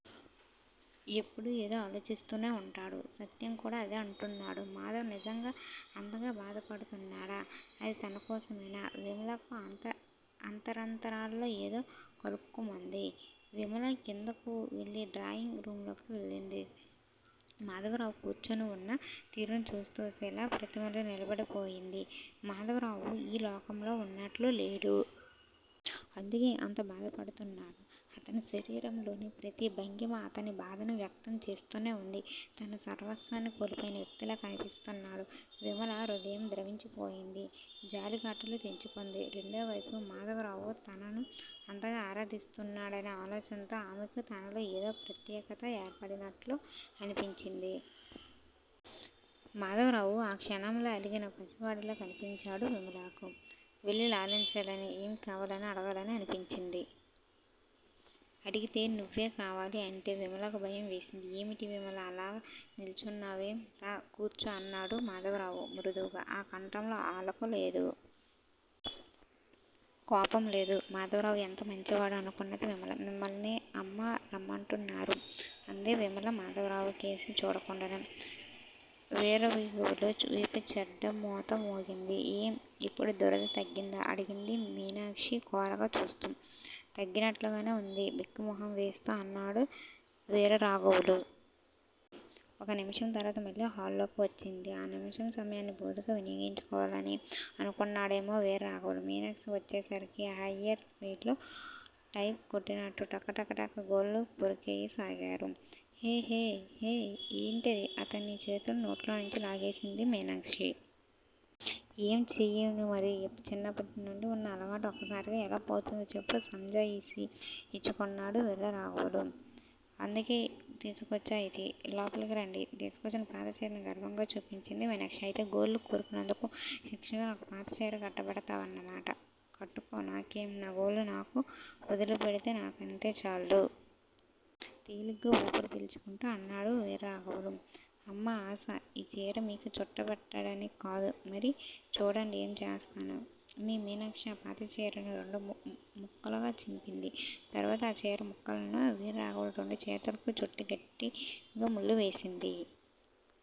ఎప్పుడూ ఏదో ఆలోచిస్తూనే ఉంటాడు. సత్యం కూడా అదే అంటున్నాడు. మాధవ్ నిజంగా అంతగా బాధపడుతున్నాడా? అది తనకోసమేనా? విమలకు అంతరాంతరాల్లో ఏదో కలుక్కుమంది. విమల కిందకు వెళ్ళి డ్రాయింగ్ రూంలోకి వెళ్ళింది. మాధవరావు కూర్చొనివున్న తీరును చూస్తూ శిలాప్రతిమలా నిలబడిపోయింది. మాధవరావు ఈ లోకంలో ఉన్నట్టు లేడు. అందుకే అంత బాధపడుతున్నాడు. అతని శరీరంలోని ప్రతి భంగిమా అతని బాధను వ్యక్తం చేస్తూనే ఉంది. తన సర్వస్వాన్ని కోల్పోయిన వ్యక్తిలా కన్పిస్తున్నాడు. విమల హృదయం ద్రవించిపోయింది. జాలి కట్టలు తెంచుకొంది. రెండోవైపు మాధవరావు తనను అంతగా ఆరాధిస్తున్నాడనే ఆలోచనతో ఆమెకు తనలో ఏదో ప్రత్యేకత ఏర్పడినట్టు అనిపించింది. మాధవరావు ఆ క్షణంలో అలిగిన పసివాడిలా కన్పించాడు విమలకు. వెళ్ళి లాలించాలనీ ఏం కావాలని అడగాలనీ అనిపించింది. అడిగితే? నువ్వే కావాలి అంటే? విమలకు భయం వేసింది. ఏమిటి విమలా? అలాగే నిల్చున్నావేం? రా! కూర్చో! అన్నాడు మాధవరావు మృదువుగా. ఆ కంఠంలో అలుక లేదు. కోపం లేదు. మాధవరావు ఎంత మంచివాడు! అనుకొన్నది విమల. మిమ్మల్ని అమ్మ రమ్మంటున్నారు అంది విమల మాధవరావు కేసి చూడకుండానే. వీర్రాఘవులు వీపు చెడ్డమోత మోగింది. ఏం? ఇప్పుడు దురద తగ్గిందా? అడిగింది మీనాక్షి కోరగా చూస్తూ. తగ్గినట్టుగానే ఉంది బిక్కమొహం వేస్తూ అన్నాడు వీర్రాఘవులు. ఒక నిమిషం తర్వాత మళ్లీ హాల్లోకి వచ్చింది. ఆ నిమిషం సమయాన్ని పూర్తిగా వినియోగించుకోవాలని అనుకున్నాడేమో వీర్రాఘవులు మీనాక్షి వచ్చేసరికి హయ్యర్ స్పీడ్ లో టైపు కొట్టినట్టు టక టక టక టక గోళ్లు కొరికెయ్యసాగాడు. హేయ్ హేయ్ హేయ్ ఏంటిది? అతని చేతుల్ని నోట్లోంచి లాగేసింది మీనాక్షి. ఏం చెయ్యనుమరి? చిన్నప్పటి నుండీ ఉన్న అలవాటు ఒక్కసారిగా ఎలా పోతుంది చెప్పు? సంజాయిషీ ఇచ్చుకున్నాడు వీర్రాఘవులు. అందుకే తీసుకొచ్చా ఇది! లోపల్నుండి తీసుకొచ్చిన పాత చీరని గర్వంగా చూపించింది మీనాక్షి. అయితే గోళ్లు కొరికనందుకు శిక్షగా నాకు పాతచీర కట్టబెడ్తావన్నమాట! కట్టుకో నాకేం? నా గోళ్లు నాకు వదిలిపెడ్తే నాకంతే చాలు! తేలిగ్గా ఊపిరి పీల్చుకుంటూ అన్నాడు వీర్రాఘవులు. హమ్మా ఆశ! ఈ చీర మీకు చుట్టబెట్టడానిక్కాదు! మరి? చూడండి ఏం చేస్తానో! మీనాక్షి ఆ పాత చీరని రెండు ముక్కలుగా చింపింది. తర్వాత ఆ చీర ముక్కలను వీర్రాఘవులు రెండు చేతులకీ చుట్టి గట్టిగా ముళ్లు వేసింది.